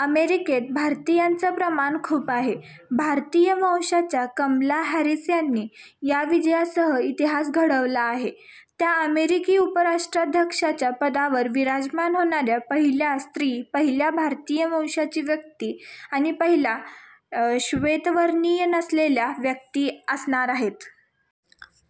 अमेरिकेत भारतीयांचं प्रमाण खूप आहे. भारतीय वंशाच्या कमला हॅरिस यांनी या विजयासह इतिहास घडवला आहे. त्या अमेरिकी उपराष्ट्राध्यक्षाच्या पदावर विराजमान होणाऱ्या पहिल्या स्त्री, पहिल्या भारतीय वंशाची व्यक्ती आणि पहिल्या श्वेतवर्णीय नसलेल्या व्यक्ती असणार आहेत.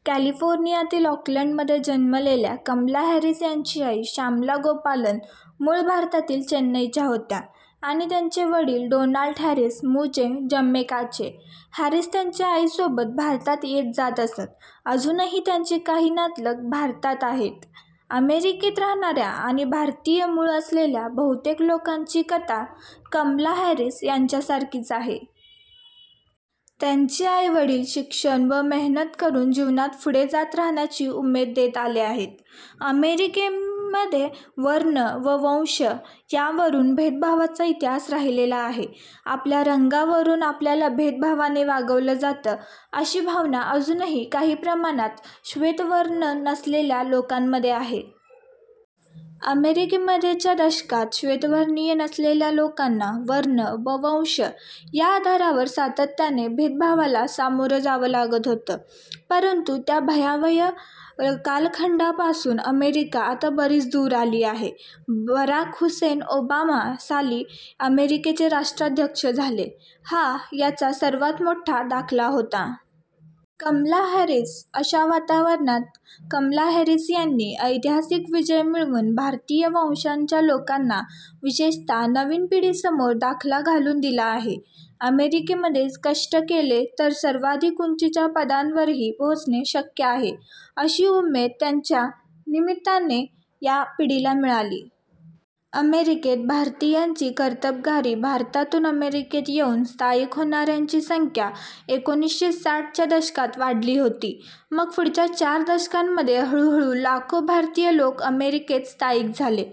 कॅलिफोर्नियातील ऑकलंडमध्ये जन्मलेल्या कमला हॅरिस यांची आई श्यामला गोपालन मूळ भारतातील चेन्नईच्या होत्या आणि त्यांचे वडील डोनाल्ड हॅरिस मूळचे जमैकाचे. हॅरिस त्यांच्या आईसोबत भारतात येत-जात असत. अजूनही त्यांचे काही नातलग भारतात आहेत. अमेरिकेत राहणाऱ्या आणि भारतीय मुळं असलेल्या बहुतेक लोकांची कथा कमला हॅरिस यांच्यासारखीच आहे. त्यांचे आईवडील शिक्षण व मेहनत करून जीवनात पुढे जात राहण्याची उमेद देत आले आहेत. अमेरिकेमध्ये वर्ण व वंश यांवरून भेदभावाचा इतिहास राहिलेला आहे. आपल्या रंगावरून आपल्याला भेदभावाने वागवलं जातं, अशी भावना अजूनही काही प्रमाणात श्वेतवर्ण नसलेल्या लोकांमध्ये आहे. अमेरिकेमध्ये च्या दशकात श्वेतवर्णीय नसलेल्या लोकांना वर्ण व वंश या आधारावर सातत्याने भेदभावाला सामोरं जावं लागत होतं, परंतु त्या भयावह कालखंडापासून अमेरिका आता बरीच दूर आली आहे. बराक हुसेन ओबामा साली अमेरिकेचे राष्ट्राध्यक्ष झाले, हा याचा सर्वांत मोठा दाखला होता. कमला हॅरिस अशा वातावरणात कमला हॅरिस यांनी ऐतिहासिक विजय मिळवून भारतीय वंशाच्या लोकांना, विशेषतः नवीन पिढीसमोर दाखला घालून दिला आहे. अमेरिकेमध्ये कष्ट केलं तर सर्वाधिक उंचीच्या पदांवरही पोहोचणं शक्य आहे, अशी उमेद त्यांच्या निमित्ताने या पिढीला मिळाली. अमेरिकेत भारतीयांची कर्तबगारी भारतातून अमेरिकेत येऊन स्थायिक होणाऱ्यांची संख्या एकोणीसशे साठ च्या दशकात वाढली होती. मग पुढच्या चार दशकांमध्ये हळूहळू लाखो भारतीय लोक अमेरिकेत स्थायिक झाले.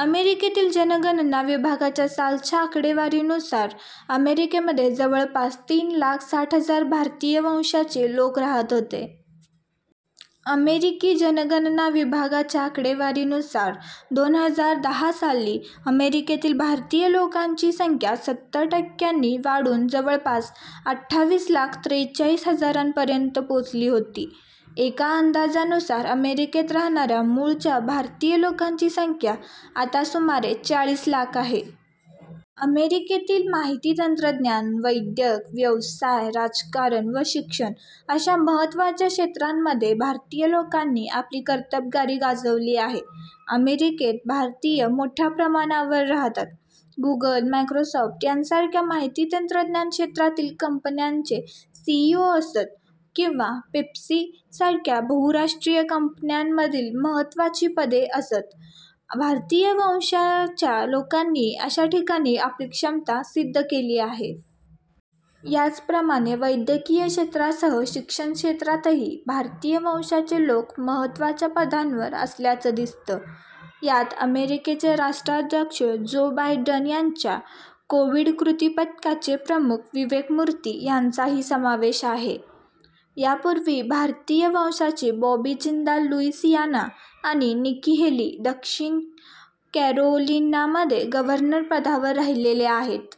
अमेरिकेतील जनगणना विभागाच्या सालच्या आकडेवारीनुसार अमेरिकेमध्ये जवळपास तीन लाख साठ हजार भारतीय वंशाचे लोक राहत होते. अमेरिकी जनगणना विभागाच्या आकडेवारीनुसार, दोन हजार दहा साली अमेरिकेतील भारतीय लोकांची संख्या सत्तर टक्क्यांनी वाढून जवळपास अठ्ठावीस लाख त्रेचाळीस हजारांपर्यंत पोचली होती. एका अंदाजानुसार, अमेरिकेत राहणाऱ्या मूळच्या भारतीय लोकांची संख्या आता सुमारे चाळीस लाख आहे. अमेरिकेतील माहिती-तंत्रज्ञान, वैद्यक, व्यवसाय, राजकारण व शिक्षण अशा महत्त्वाच्या क्षेत्रांमध्ये भारतीय लोकांनी आपली कर्तबगारी गाजवली आहे. अमेरिकेत भारतीय मोठ्या प्रमामावर राहतात. गुगल, मायक्रोसॉफ्ट यांसारख्या माहिती-तंत्रज्ञान क्षेत्रातील कंपन्यांचे सीईओ असोत किंवा पेप्सीसारख्या बहुराष्ट्रीय कंपन्यांमधील महत्त्वाची पदं असोत, भारतीय वंशाच्या लोकांनी अशा ठिकाणी आपली क्षमता सिद्ध केली आहे. याच प्रमाणे वैद्यकीय क्षेत्रासह शिक्षण क्षेत्रातही भारतीय वंशाचे लोक महत्त्वाच्या पदांवर असल्याचं दिसतं. यात अमेरिकेचे राष्ट्राध्यक्ष जो बायडन यांच्या कोव्हिड कृतिपथकाचे प्रमुख विवेक मूर्ती यांचाही समावेश आहे. यापूर्वी भारतीय वंशाचे बॉबी जिंदाल लुइसियाना आणि निकी हेली दक्षिण कॅरोलिनामध्ये गव्हर्नर पदावर राहिलेले आहेत.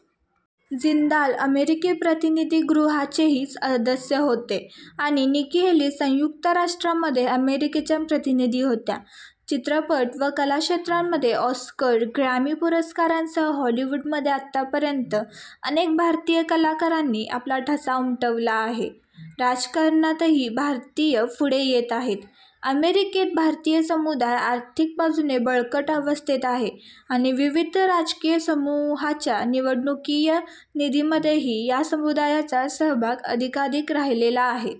जिंदाल अमेरिकी प्रतिनिधीगृहाचेही सदस्य होते आणि निकी हेली संयुक्त राष्ट्रांमध्ये अमेरिकेच्या प्रतिनिधी होत्या. चित्रपट व कला क्षेत्रामध्ये ऑस्कर, ग्रॅमी पुरस्कारांसह हॉलिवूडमध्ये आत्तापर्यंत अनेक भारतीय कलाकारांनी आपला ठसा उमटवला आहे. राजकारणातही भारतीय पुढे येत आहेत अमेरिकेत भारतीय समुदाय आर्थिक बाजूने बळकट अवस्थेत आहे आणि विविध राजकीय समूहांच्या निवडणुकीय निधीमध्येही या समुदायाचा सहभाग अधिकाधिक राहिलेला आहे.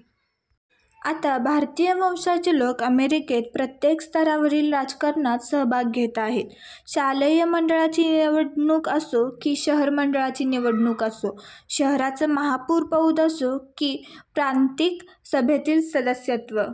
आता भारतीय वंशाचे लोक अमेरिकेत प्रत्येक स्तरावरील राजकारणात सहभाग घेत आहेत. शालेय मंडळाची निवडणूक असो की शहर मंडळाची निवडणूक असो, शहराचं महापौर पद असो की प्रांतिक सभेतील सदस्यत्व